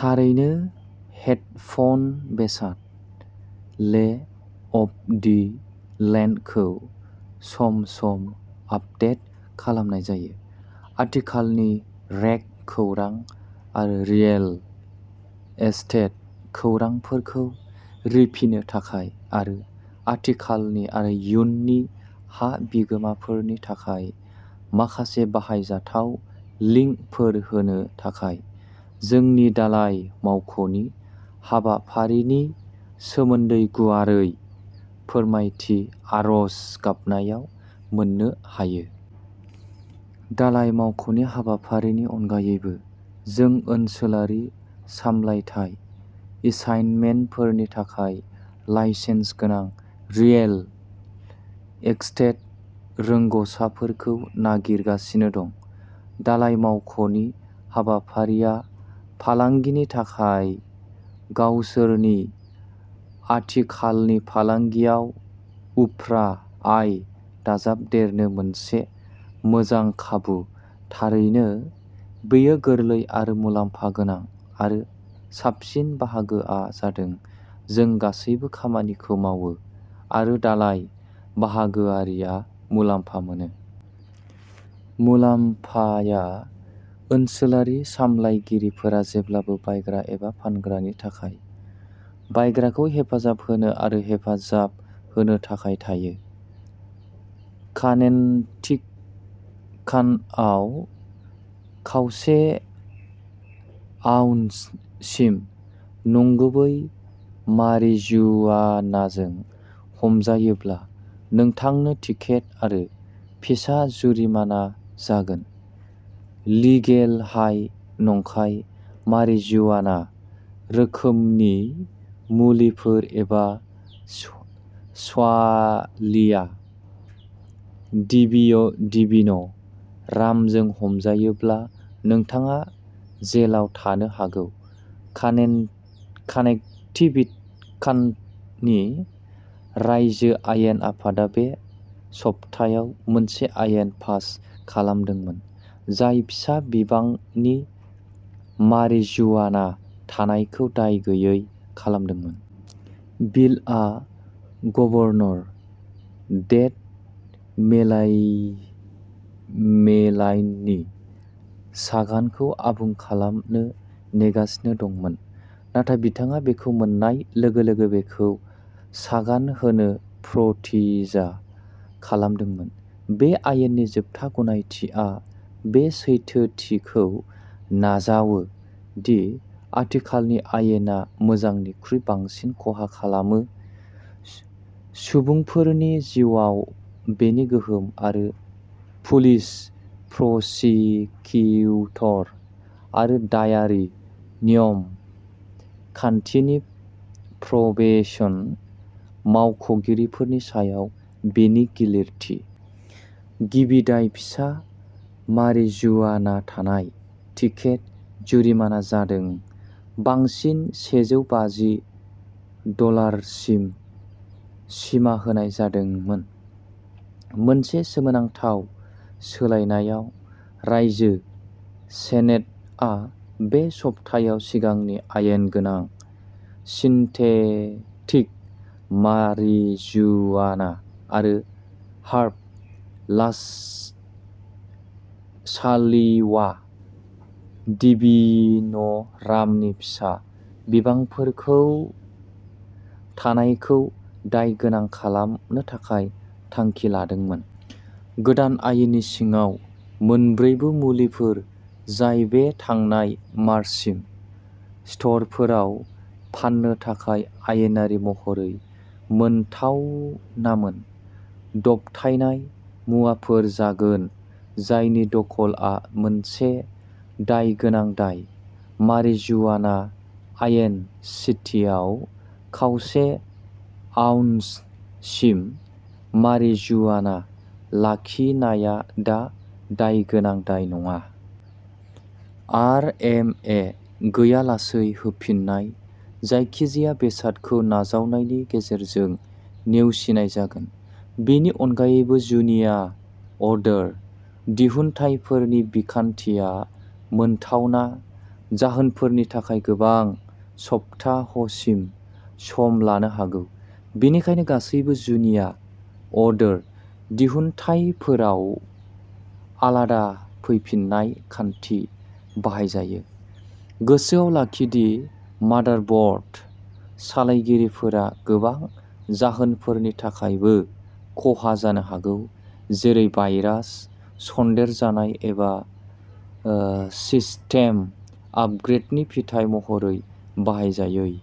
थारैनो हेडफ'न बेसाद। ले अफ दि लेन्डखौ सम-सम आपडेट खालामनाय जायो, आथिखालनि रेग खौरां आरो रियेल एस्टेट खौरांफोरखौ रिफिनो थाखाय, आरो आथिखालनि आरो इयुननि हा बिगोमाफोरनि थाखाय माखासे बाहायजाथाव लिंकफोर होनो थाखाय। जोंनि दालाय मावख'नि हाबाफारिनि सोमोन्दै गुवारै फोरमायथि आर'ज गाबनायाव मोननो हायो। दालाय मावख'नि हाबाफारिनि अनगायैबो जों ओनसोलारि सामलायथाय एसाइनमेन्टफोरनि थाखाय लाइसेन्स गोनां रियेल एस्टेट रोंग'सारफोरखौ नागिरगासिनो दं। दालाय मावख'नि हाबाफारिया फालांगिनि थाखाय गावसोरनि आथिखालनि फालांगियाव उफ्रा आय दाजाबदेरनो मोनसे मोजां खाबु। थारैनो बेयो गोरलै आरो मुलाम्फा गोनां, आरो साबसिन बाहागोआ जादों, जों गासैबो खामानिखौ मावो, आरो दालाय बाहागोआरिआ मुलाम्फा मोनो। मुलाम्फाया। ओनसोलारि सामलायगिरिफोरा जेब्लाबो बायग्रा एबा फानग्रानि थाखाय बायग्राखौ हेफाजाब होनो आरो हेफाजाब होनो थाखाय थायो। कानेक्टिकाटआव, खावसे आउन्ससिम नंगुबै मारिजुआनाजों हमजायोब्ला नोंथांनो टिकेट आरो फिसा जुरिमाना जागोन। लिगेल-हाइ नंखाय मारिजुआना रोखोमनि मुलिफोर एबा सुवा साल्विया डिवि डिविन' रामजों हमजायोब्ला, नोंथाङा जेलाव थानो हागौ काने कानेक्टिकाटनि रायजो आयेन आफादा बे सप्तायाव मोनसे आयेन पास खालामदोंमोन जाय फिसा बिबांनि मारिजुआना थानायखौ दाय गैयै खालामदोंमोन। बिलआ गभर्नर डेन मेलाय मेलायनि सागानखौ आबुं खालामनो नेगासिनो दंमोन, नाथाय बिथाङा बेखौ मोन्नाय लोगो-लोगो बेखौ सागान होनो प्रतिज्ञा खालामदोंमोन, बे आयेननि जोबथा गनायथिआ बे सैथोथिखौ नाजावो दि आथिखालनि आयेना मोजांनिख्रुइ बांसिन खहा खालामो सुबुंफोरनि जिउआव बेनि गोहोम आरो पुलिस, प्रसिकिउटर आरो दायारि न्यम खान्थिनि प्रबेशन मावख'गिरिफोरनि सायाव बेनि गिलिरथि। गिबि दाय फिसा मारिजुआना थानाय टिकेट जुरिमाना जादों बांसिन सेजौ बाजि डलारसिम सिमा होनाय जादोंमोन। मोनसे सोमोनांथाव सोलायनायाव, रायजो सेनेटआ बे सप्तायाव सिगांनि आयेन गोनां सिन्थेटिक मारिजुआना आरो हार्ब साल्विया डिविन'रामनि फिसा बिबांफोरखौ थानायखौ दायगोनां खालामनो थाखाय थांखि लादोंमोन। गोदान आयेननि सिङाव, मोन्नैबो मुलिफोर, जाय बे थांनाय मार्चसिम स्ट'रफोराव फान्नो थाखाय आयेनारि महरै मोनथावनामोन, दबथायनाय मुवाफोर जागोन जायनि दखलआ मोनसे दायगोनां दाय। मारिजुआना आयेन सिटिआव, खावसे आउन्ससिम मारिजुआना लाखिनाया दा दायगोनां दाय नङा। आरएमए गैयालासे होफिन्नाय जायखिजाया बेसादखौ नाजावनायनि गेजेरजों नेवसिनाय जागोन। बेनि अनगायैबो, जुनिया अर्डार दिहुनथायफोरनि बिखान्थिया मोनथावना जाहोनफोरनि थाखाय गोबां सप्ताहसिम सम लानो हागौ, बेनिखायनो गासैबो जुनिया अर्डार दिहुनथायफोराव आलादा फैफिन्नाय खान्थि बाहायजायो। गोसोआव लाखि दि मादारब'र्ड सालायगिरिफोरा गोबां जाहोनफोरनि थाखायबो खहा जानो हागौ, जेरै भाइरास सन्देरजानाय, एबा ओ सिस्टेम आपग्रेडनि फिथाय महरै बाहायजायै।